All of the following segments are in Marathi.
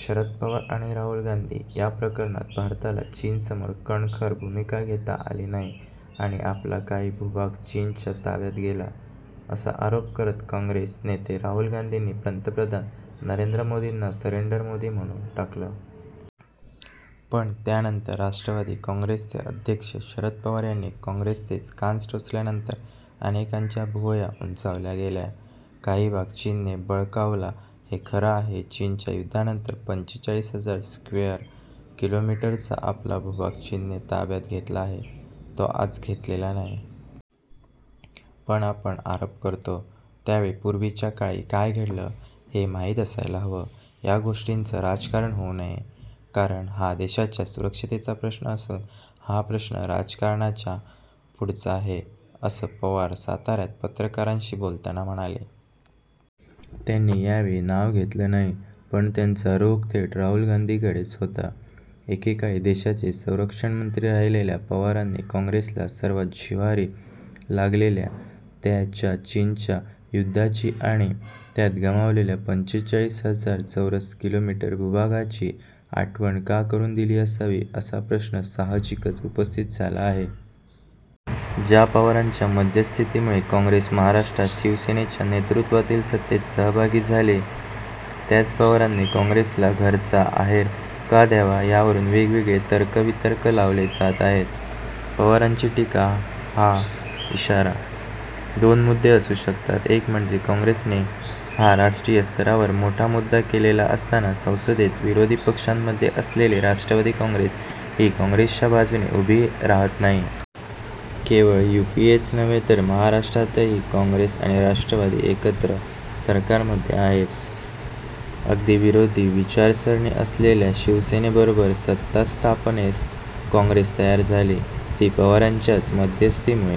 शरद पवार आणि राहुल गांधी या प्रकारात भारताला चीनसमोर कणखर भूमिका घेता आली नाही आणि आपला काही भूभाग चीनच्या ताब्यात गेला, असा आरोप करत काँग्रेस नेते राहुल गांधींनी पंतप्रधान नरेंद्र मोदींना 'सरेंडर मोदी' म्हणून टाकलं. पण त्यानंतर राष्ट्रवादी काँग्रेसचे अध्यक्ष शरद पवार यांनी काँग्रेसचेच कान टोचल्यानंतर अनेकांच्या भुवया उंचावल्या गेल्या. काही भाग चीनने बळकावला हे खरं आहे. चीनच्या युद्धानंतर पंचेचाळीस हजार स्क्वेअर किलोमीटरचा आपला भूभाग चीनने ताब्यात घेतला आहे, तो आज घेतलेला नाही. पण आपण आरोप करतो त्यावेळी पूर्वीच्या काळी काय घडलं, हे माहीत असायला हवं. या गोष्टीचं राजकारण होऊ नये, कारण हा देशाच्या सुरक्षेचा प्रश्न असून हा प्रश्न राजकारणाच्या पुढचा आहे असं पवार साताऱ्यात पत्रकारांशी बोलताना म्हणाले. त्यांनी यावेळी नाव घेतलं नाही, पण त्यांचा रोख थेट राहुल गांधींकडेच होता. एकेकाळी देशाचे संरक्षणमंत्री राहिलेल्या पवारांनी काँग्रेसला सर्वात जिव्हारी लागलेल्या त्या च्या चीनच्या युद्धाची आणि त्यात गमावलेल्या पंचेचाळीस हजार चौरस किलोमीटर भूभागाची आठवण का करून दिली असावी, असा प्रश्न साहजिकच उपस्थित झाला आहे. ज्या पवारांच्या मध्यस्थीमुळे काँग्रेस महाराष्ट्रात शिवसेनेच्या नेतृत्वातील सत्तेत सहभागी झाली, त्याच पवारांनी काँग्रेसला घरचा आहेर का द्यावा यावरून वेगवेगळे तर्कवितर्क लावले जात आहेत. पवारांची टीका हा इशारा? दोन मुद्दे असू शकतात एक म्हणजे, काँग्रेसने हा राष्ट्रीय स्तरावर मोठा मुद्दा केलेला असताना संसदेत विरोधी पक्षांमध्ये असलेली राष्ट्रवादी काँग्रेस ही काँग्रेसच्या बाजूने उभी राहत नाहीय. केवळ 'यूपीए'च नव्हे तर महाराष्ट्रातही काँग्रेस आणि राष्ट्रवादी एकत्र सरकारमध्ये आहेत. अगदी विरोधी विचारसरणी असलेल्या शिवसेनेबरोबर सत्तास्थापनेस काँग्रेस तयार झाली, ती पवारांच्याच मध्यस्थीमुळे.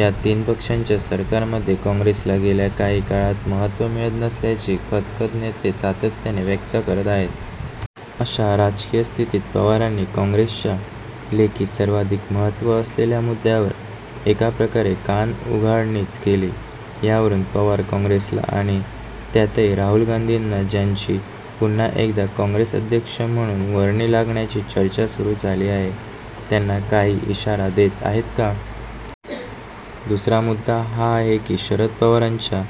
या तीन पक्षांच्या सरकारमध्ये काँग्रेसला गेल्या काही काळात महत्त्व मिळत नसल्याची खदखद नेते सातत्याने व्यक्त करत आहेत. अशा राजकीय स्थितीत पवारांनी काँग्रेसच्या लेखी सर्वाधिक महत्त्व असलेल्या मुद्द्यावर एका प्रकारे कानउघाडणीच केली. यावरुन पवार काँग्रेसला आणि त्यातही राहुल गांधीना ज्यांची पुन्हा एकदा काँग्रेस अध्यक्ष म्हणून वर्णी लागण्याची चर्चा सुरू झाली आहे, त्यांना काही इशारा देत आहेत का? दुसरा मुद्दा हा आहे की शरद पवारांच्या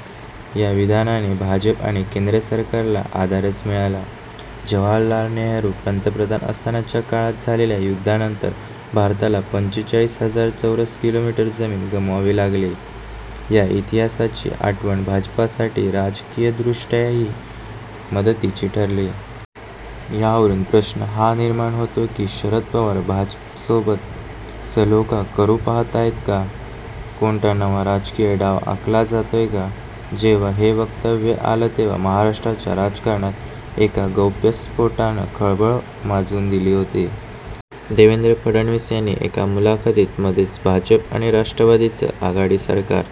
या विधानाने भाजप आणि केंद्र सरकारला आधारच मिळाला. जवाहरलाल नेहरू पंतप्रधान असतानाच्या काळात झालेल्या युद्धानंतर भारताला पंचेचाळीस हजार चौरस किलोमीटर जमीन गमवावी लागली या इतिहासाची आठवण भाजपसाठी राजकीयदृष्ट्याही मदतीची ठरली. यावरून प्रश्न हा निर्माण होतो की शरद पवार भाजपसोबत सलोखा करू पाहताहेत का? कोणता नवा राजकीय डाव आखला जातोय का? जेव्हा हे वक्तव्य आलं तेव्हा महाराष्ट्राच्या राजकारणात एका गौप्यस्फोटानं खळबळ माजवून दिली होती. देवेंद्र फडणवीस यांनी एका मुलाखतीत मध्येच भाजप आणि राष्ट्रवादीचं आघाडी सरकार